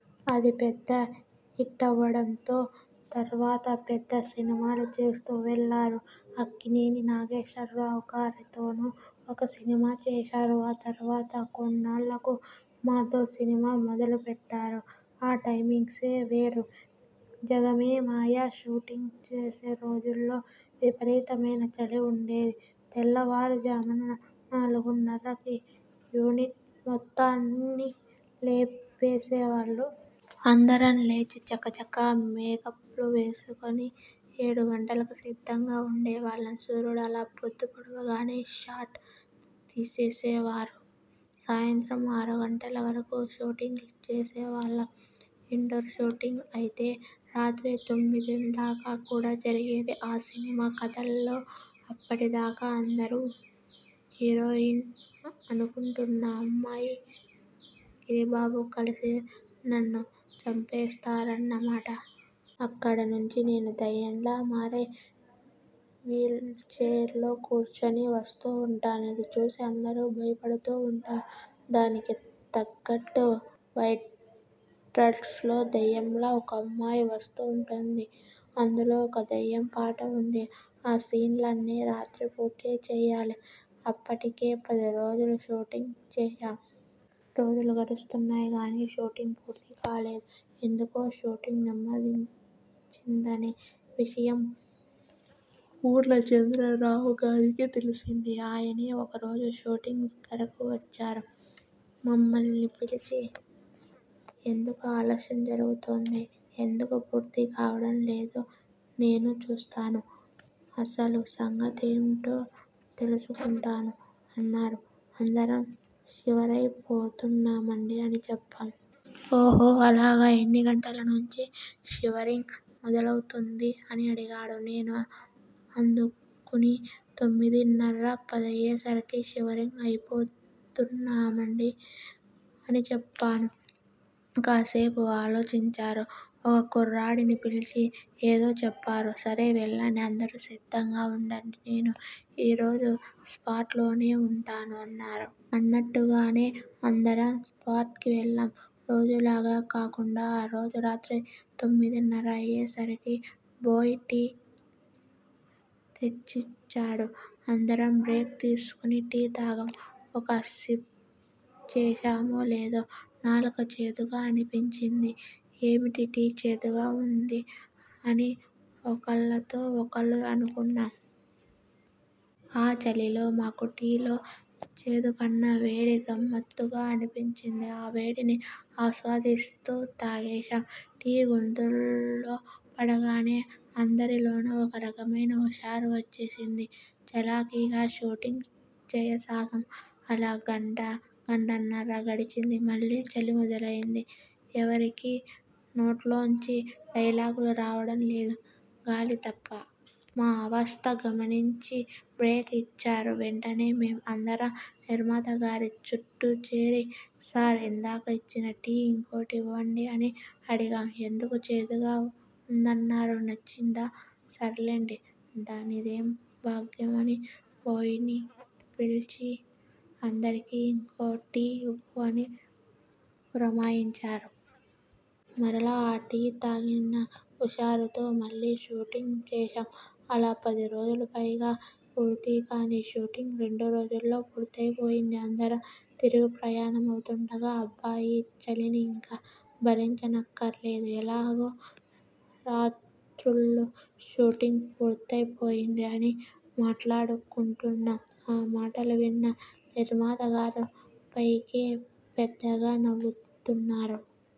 అది పెద్ద హిట్టవడంతో తర్వాత పెద్ద సినిమాలు చేస్తూ వెళ్లారు. అక్కినేని నాగేశ్వరరావుగారితోనూ ఒక సినిమా చేశారు. ఆ తర్వాత కొన్నాళ్లకు మాతో సినిమా మొదలుపెట్టారు. ఆ టైమింగ్సే వేరు! 'జగమే మాయ' షూటింగ్ చేసే రోజుల్లో విపరీతమైన చలి ఉండేది. తెల్లవారుజామున నాలుగున్నరకి యూనిట్ మొత్తాన్ని లేపేసేవాళ్లు. అందరం లేచి, చకచకా మేకప్లు వేసుకుని, ఏడుగంటలకు సిద్ధంగా ఉండేవాళ్లం. సూర్యుడు అలా పొద్దుపొడవగానే షాట్ తీసేసేవారు. సాయంత్రం ఆరు గంటల వరకు షూటింగ్ చేసేవాళ్లం. ఇండోర్ షూటింగ్ అయితే రాత్రి తొమ్మిదిదాకా కూడా జరిగేది. ఆ సినిమాకథలో, అప్పటిదాకా అందరూ హీరోయిన్ అనుకుంటున్న అమ్మాయీ, గిరిబాబూ కలిసి నన్ను చంపేస్తారన్నమాట. అక్కడినుంచి నేను దెయ్యంలా మారి వీల్చెయిర్లో కూర్చుని వస్తూ ఉంటాను. అదిచూసి అందరూ భయపడుతూ ఉంటారు. దానికి తగ్గట్టు వైట్డ్రస్లో దెయ్యంలా ఒకమ్మాయి వస్తూ ఉంటుంది. అందులో ఓ దెయ్యం పాట ఉంది. ఆ సీన్లన్నీ రాత్రిపూటే చేయాలి. అప్పటికే పది రోజులు షూటింగ్ చేశాం. రోజులు గడుస్తున్నాయిగానీ, షూటింగ్ పూర్తి కాలేదు. ఎందుకో షూటింగ్ నెమ్మదించిందనే విషయం పూర్ణచంద్రరావుగారికి తెలిసింది. ఆయనే ఒకరోజు షూటింగ్ దగ్గరకు వచ్చారు. మమ్మల్ని పిలిచి 'ఎందుకు ఆలస్యం జరుగుతోంది? ఎందుకు పూర్తికావడం లేదో నేనూ చూస్తాను. అసలుసంగతేంటో తెలుసుకుంటాను' అన్నారు. 'అందరం షివరైపోతున్నామండీ' అని చెప్పాం. 'ఓహో అలాగా! ఎన్నిగంటలనుంచి షివరింగ్ మొదలవుతుంది? ' అని అడిగారు. నేనే అందుకుని 'తొమ్మిదిన్నర, పదయ్యేసరికి షివర్ అయిపోతున్నామండీ' అని చెప్పాను. కాసేపు ఆలోచించారు. ఒక కుర్రాడిని పిలిచి ఏదో చెప్పారు. 'సరే వెళ్లండి, అందరూ సిద్ధంగా ఉండండి. నేనూ ఈరోజు స్పాట్లోనే ఉంటాను'' అన్నారు. అన్నట్టుగానే అందరం స్పాట్కి వెళ్లాం. రోజూలాగా కాకుండా, ఆ రోజురాత్రి తొమ్మిదిన్నర అయ్యేసరికి బోయ్ టీ తెచ్చిచ్చాడు. అందరం బ్రేక్ తీసుకుని టీ తాగాం. ఒక సిప్పు చేశామో లేదో, నాలుక చేదుగా అనిపించింది. 'ఏమిటి? టీ చేదుగా ఉంది' అని ఒకళ్లతో ఒకళ్లం అనుకున్నాం. ఆ చలిలో మాకు టీ లో చేదుకన్నా వేడి గమ్మత్తుగా అనిపించింది. ఆ వేడిని ఆస్వాదిస్తూ తాగేశాం. టీ గొంతులో పడగానే అందరిలోనూ ఒక రకమైన హుషారు వచ్చేసింది. చలాకీగా షూటింగ్ చేయసాగాం. అలా గంటా, గంటన్నర గడిచింది. మళ్లీ చలి మొదలైంది. ఎవరికీ నోట్లోంచి డైలాగులు రావడం లేదు, గాలి తప్ప! మా అవస్త గమనించి బ్రేక్ ఇచ్చారు. వెంటనే మేం అందరం నిర్మాతగారి చుట్టూజేరి 'సార్ ఇందాక ఇచ్చిన టీ ఇంకోటివ్వండి' అని అడిగాం. 'ఎందుకు చేదుగా ఉందన్నారు? నచ్చిందా? సర్లేండి. దానిదేం భాగ్యం' అని బోయ్ని పిలిచి 'అందరికీ ఇంకో టీ ఇవ్వు' అని పురమాయించారు. మరలా ఆ టీ తాగిన హుషారుతో మళ్ళీ షూటింగ్ చేశాం. అలా పదిరోజులు పైగా పూర్తి కాని షూటింగ్ రెండురోజుల్లో పూర్తైపోయింది. అందరం తిరుగుప్రయాణమవుతుండగా, 'అబ్బా! ఈ చలిని ఇంక భరించనక్కర్లేదు. ఎలాగో రాత్రుళ్లు షూటింగ్ పూర్తైపోయింది' అని మాట్లాడుకుంటున్నాం. మా మాటలు విన్న నిర్మాతగారు పైకే పెద్దగా నవ్వుతున్నారు.